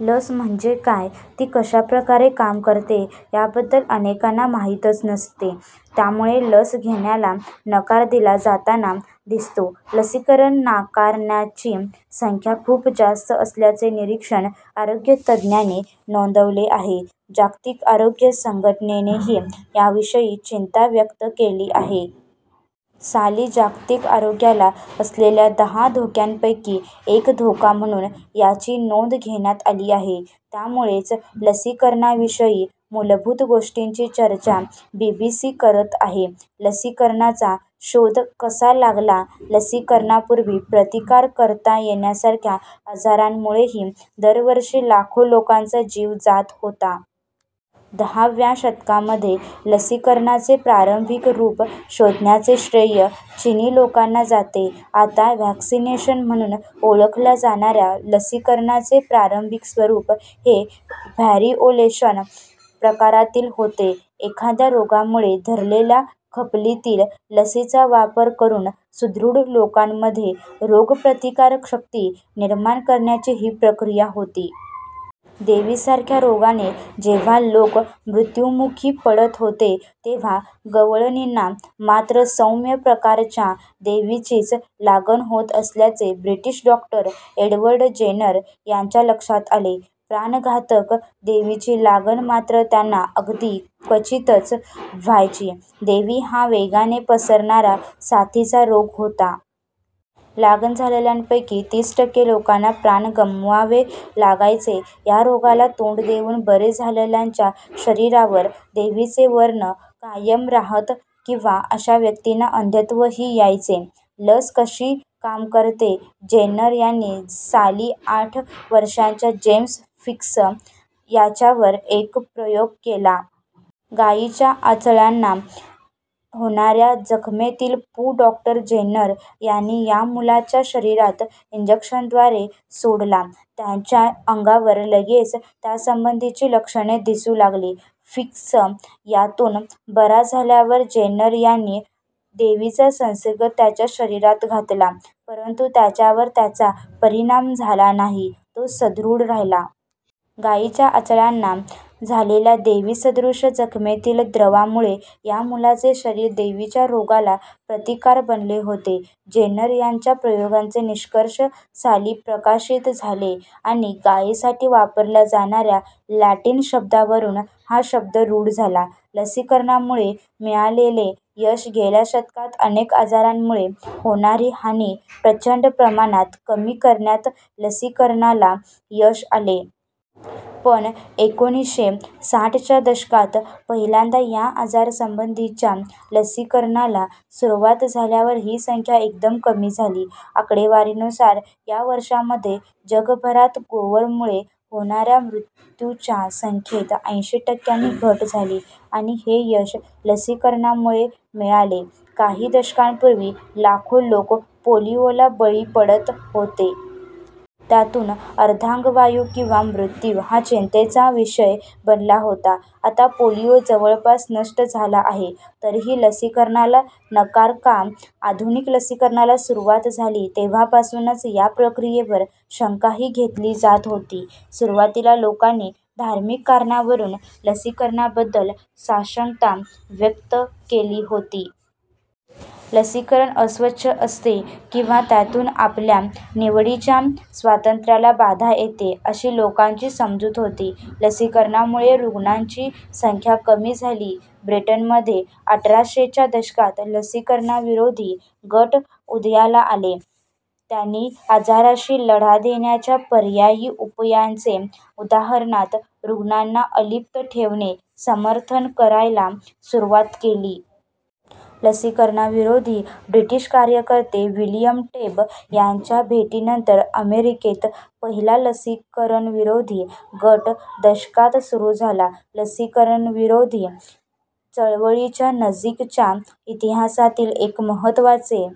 लस म्हणजे काय? ती कशा प्रकारे काम करते? याबद्दल अनेकांना माहितीच नसते. त्यामुळे लस घेण्याला नकार दिला जाताना दिसतो. लसीकरण नाकारणाऱ्यांची संख्या खूप जास्त असल्याचे निरीक्षण आरोग्य तज्ज्ञांनी नोंदवले आहे. जागतिक आरोग्य संघटनेनेही याविषयी चिंता व्यक्त केली आहे. साली जागतिक आरोग्याला असलेल्या दहा धोक्यांपैकी एक धोका म्हणून याची नोंद घेण्यात आली आहे. त्यामुळेच लसीकरणाविषयी मूलभूत गोष्टींची चर्चा बीबीसी करत आहे. लसीकरणाचा शोध कसा लागला? लसीकरणापूर्वी प्रतिकार करता येण्यासारख्या आजारांमुळेही दरवर्षी लाखो लोकांचा जीव जात होता. दहाव्या शतकामध्ये लसीकरणाचे प्रारंभिक रूप शोधण्याचे श्रेय चिनी लोकांना जाते. आता 'व्हॅक्सिनेशन' म्हणून ओळखल्या जाणाऱ्या लसीकरणाचे प्रारंभिक स्वरूप हे 'व्हॅरिओलेशन' प्रकारातील होते. एखाद्या रोगामुळे धरलेल्या खपलीतील लसीचा वापर करून सुदृढ लोकांमध्ये रोगप्रतिकार शक्ती निर्माण करण्याची ही प्रक्रिया होती. देवीसारख्या रोगाने जेव्हा लोक मृत्युमुखी पडत होते, तेव्हा गवळणींना मात्र सौम्य प्रकारच्या देवीचीच लागण होत असल्याचे ब्रिटिश डॉक्टर एडवर्ड जेन्नर यांच्या लक्षात आले. प्राणघातक देवीची लागण मात्र त्यांना अगदी क्वचितच व्हायची. देवी हा वेगाने पसरणारा साथीचा रोग होता. लागण झालेल्यांपैकी तीस टक्के लोकांना प्राण गमवावे लागायचे. या रोगाला तोंड देऊन बरे झालेल्यांच्या शरीरावर देवीचे व्रण कायम राहत किंवा अशा व्यक्तींना अंधत्वही यायचे. लस कशी काम करते? जेन्नर यांनी साली आठ वर्षांच्या जेम्स फिप्स याच्यावर एक प्रयोग केला. गायीच्या आचळांना होणाऱ्या जखमेतील पू डॉक्टर जेन्नर यांनी या मुलाच्या शरीरात इंजेक्शनद्वारे सोडला. त्याच्या अंगावर लगेच त्यासंबंधीची लक्षणे दिसू लागली. फिप्स यातून बरा झाल्यावर जेन्नर यांनी देवीचा संसर्ग त्याच्या शरीरात घातला, परंतु त्याच्यावर त्याचा परिणाम झाला नाही, तो सुदृढ राहिला. गायीच्या आचळांना झालेल्या देवीसदृश जखमेतील द्रवामुळे या मुलाचे शरीर देवीच्या रोगाला प्रतिकारक बनले होते. जेन्नर यांच्या प्रयोगांचे निष्कर्ष साली प्रकाशित झाले आणि गायीसाठी वापरल्या जाणाऱ्या लॅटिन शब्दावरून हा शब्द रूढ झाला. लसीकरणामुळे मिळालेले यश गेल्या शतकात अनेक आजारांमुळे होणारी हानी प्रचंड प्रमाणात कमी करण्यात लसीकरणाला यश आले. पण एकोणीसशे साठच्या दशकात पहिल्यांदा या आजारासंबंधीच्या लसीकरणाला सुरुवात झाल्यावर ही संख्या एकदम कमी झाली. आकडेवारीनुसार या वर्षांमध्ये जगभरात गोवरमुळे होणाऱ्या मृत्यूंच्या संख्येत ऐंशी टक्क्यांनी घट झाली आणि हे यश लसीकरणामुळे मिळाले. काही दशकांपूर्वी लाखो लोक पोलिओला बळी पडत होते. त्यातून अर्धांगवायू किंवा मृत्यू हा चिंतेचा विषय बनला होता. आता पोलिओ जवळपास नष्ट झाला आहे. तरीही लसीकरणाला नकार का? आधुनिक लसीकरणाला सुरुवात झाली तेव्हापासूनच या प्रक्रियेवर शंकाही घेतली जात होती. सुरुवातीला लोकांनी धार्मिक कारणावरून लसीकरणाबद्दल साशंकता व्यक्त केली होती. लसीकरण अस्वच्छ असते किंवा त्यातून आपल्या निवडीच्या स्वातंत्र्याला बाधा येते, अशी लोकांची समजूत होती. लसीकरणामुळे रुग्णांची संख्या कमी झाली ब्रिटनमध्ये अठराशेच्या दशकात लसीकरणविरोधी गट उदयाला आले. त्यांनी आजाराशी लढा देण्याच्या पर्यायी उपायांचे उदाहरणार्थ, रुग्णांना अलिप्त ठेवणे- समर्थन करायला सुरुवात केली. लसीकरणविरोधी ब्रिटिश कार्यकर्ते विल्यम टेब यांच्या भेटीनंतर अमेरिकेत पहिला लसीकरणविरोधी गट दशकात सुरू झाला. लसीकरणविरोधी चळवळीच्या नजीकच्या इतिहासातील एक महत्त्वाचे